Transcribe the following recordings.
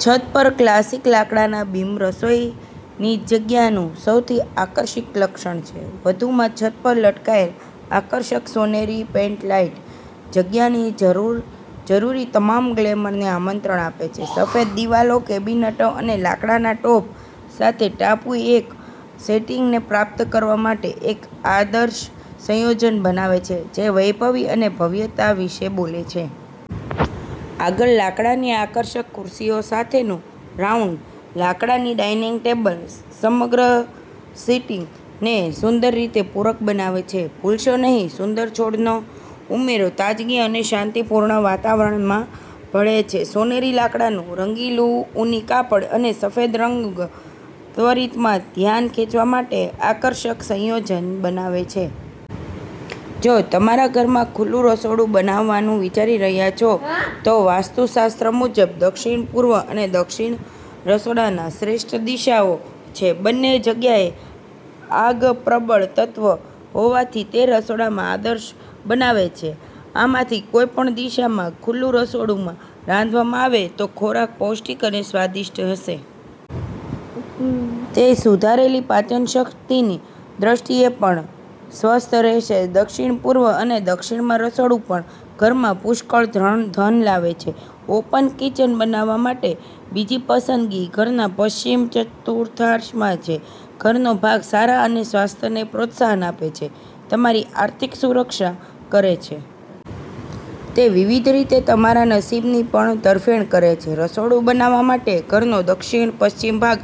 છત પરના ક્લાસિક લાકડાના બીમ રસોઈની જગ્યાનું સૌથી આકર્ષક લક્ષણ વધુમાં, છત પર લટકાવેલી આકર્ષક સોનેરી પેન્ડન્ટ લાઇટ જગ્યાને જરૂર જરૂરી તમામ ગ્લેમરને આમંત્રણ આપે છે. સફેદ દિવાલો, કેબિનેટરી અને લાકડાના ટોપ સાથેના ટાપુ એક સેટિંગને પ્રાપ્ત કરવા માટે એક આદર્શ સંયોજન બનાવે છે જે વૈભવી અને ભવ્યતા વિશે બોલે છે. આગળ, લાકડાની આકર્ષક ખુરશીઓ સાથેનું રાઉન્ડ લાકડાનું ડાઇનિંગ ટેબલ સમગ્ર સેટિંગને સુંદર રીતે પૂરક બનાવે છે. ભૂલશો નહીં, સુંદર છોડનો ઉમેરો તાજગી અને શાંતિપૂર્ણ વાતાવરણમાં ભરે છે. સોનેરી, લાકડાના રંગેલું ઊની કાપડ અને સફેદ રંગ ત્વરિતમાં ધ્યાન ખેંચવા માટે આકર્ષક સંયોજન બનાવે છે. જો તમે તમારા ઘરમાં ખુલ્લું રસોડું બનાવવાનું વિચારી રહ્યા છો, તો વાસ્તુશાસ્ત્ર મુજબ, દક્ષિણ-પૂર્વ અને દક્ષિણ રસોડાના શ્રેષ્ઠ દિશાઓ છે. બંને જગ્યાએ આગ પ્રબળ તત્વ હોવાથી તે રસોડા માટે આદર્શ બનાવે છે. આમાંથી કોઈપણ દિશામાં ખુલ્લા રસોડામાં રાંધવામાં આવતો ખોરાક પૌષ્ટિક અને સ્વાદિષ્ટ હશે. તે સુધરેલી પાચનશક્તિની દ્રષ્ટિએ પણ સ્વસ્થ રહેશે. દક્ષિણ-પૂર્વ અને દક્ષિણમાં રસોડું પણ ઘરમાં પુષ્કળ ધન લાવે છે. ઓપન કિચન બનાવવા માટે બીજી પસંદગી ઘરના પશ્ચિમ ચતુર્થાંશમાં છે. ઘરનો ભાગ સારા સ્વાસ્થ્યને પ્રોત્સાહન આપે છે અને તમારી આર્થિક સુરક્ષા કરે છે. તે વિવિધ રીતે તમારા નસીબની પણ તરફેણ કરે છે. રસોડું બનાવવા માટે ઘરનો દક્ષિણ-પશ્ચિમ ભાગ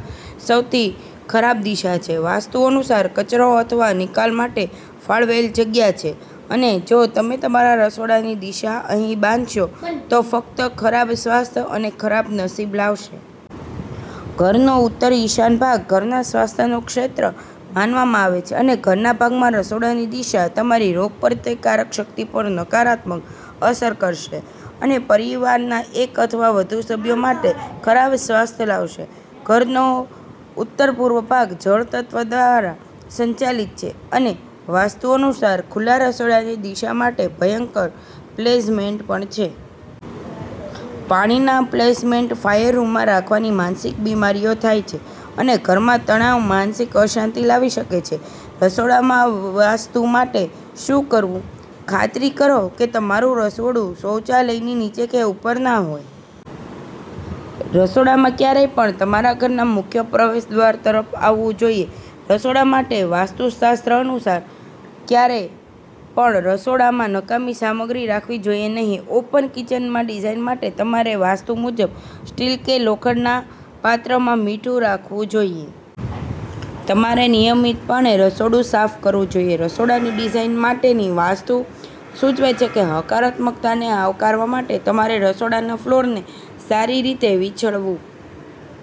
સૌથી ખરાબ દિશા છે. વાસ્તુ અનુસાર કચરો અથવા નિકાલ માટે ફાળવેલ જગ્યા છે, અને જો તમે તમારા રસોડાની દિશા અહીં બાંધશો, તો તે ફક્ત ખરાબ સ્વાસ્થ્ય અને ખરાબ નસીબ લાવશે. ઘરનો ઉત્તર-ઈશાન ભાગ ઘરમાં સ્વાસ્થ્યનું ક્ષેત્ર માનવામાં આવે છે અને ઘરના ભાગમાં રસોડાની દિશા તમારી રોગપ્રતિકારક શક્તિ પર નકારાત્મક અસર કરશે અને પરિવારના એક અથવા વધુ સભ્યો માટે ખરાબ સ્વાસ્થ્ય લાવશે. ઘરનો ઉત્તરપૂર્વ ભાગ જળ તત્વ દ્વારા સંચાલિત છે અને વાસ્તુ અનુસાર ખુલ્લા રસોડાની દિશા માટે ભયંકર પ્લેસમેન્ટ પણ છે. પાણીના પ્લેસમેન્ટમાં ફાયર રૂમ રાખવાથી માનસિક બિમારીઓ થાય છે અને તે ઘરમાં તણાવ અને માનસિક અશાંતિ લાવી શકે છે. રસોડા માટે વાસ્તુ માટે શું કરવું? ખાતરી કરો કે તમારું રસોડું શૌચાલયની નીચે કે ઉપર હોય. રસોડામાં ક્યારેય પણ તમારા ઘરના મુખ્ય પ્રવેશદ્વાર તરફ આવવું જોઈએ. રસોડા માટે વાસ્તુ અનુસાર તમારે ક્યારેય પણ રસોડામાં નકામા સામગ્રી રાખવી જોઈએ. ઓપન કિચન ડિઝાઇન માટે તમારે વાસ્તુ મુજબ સ્ટીલ કે લોખંડના પાત્રમાં મીઠું રાખવું જોઈએ. તમારે નિયમિતપણે રસોડું સાફ કરવું જોઈએ. રસોડાની ડિઝાઈન માટેની વાસ્તુ સૂચવે છે કે હકારાત્મકતાને આવકારવા માટે તમારે રસોડાના ફ્લોરને સારી રીતે વીંછળવું.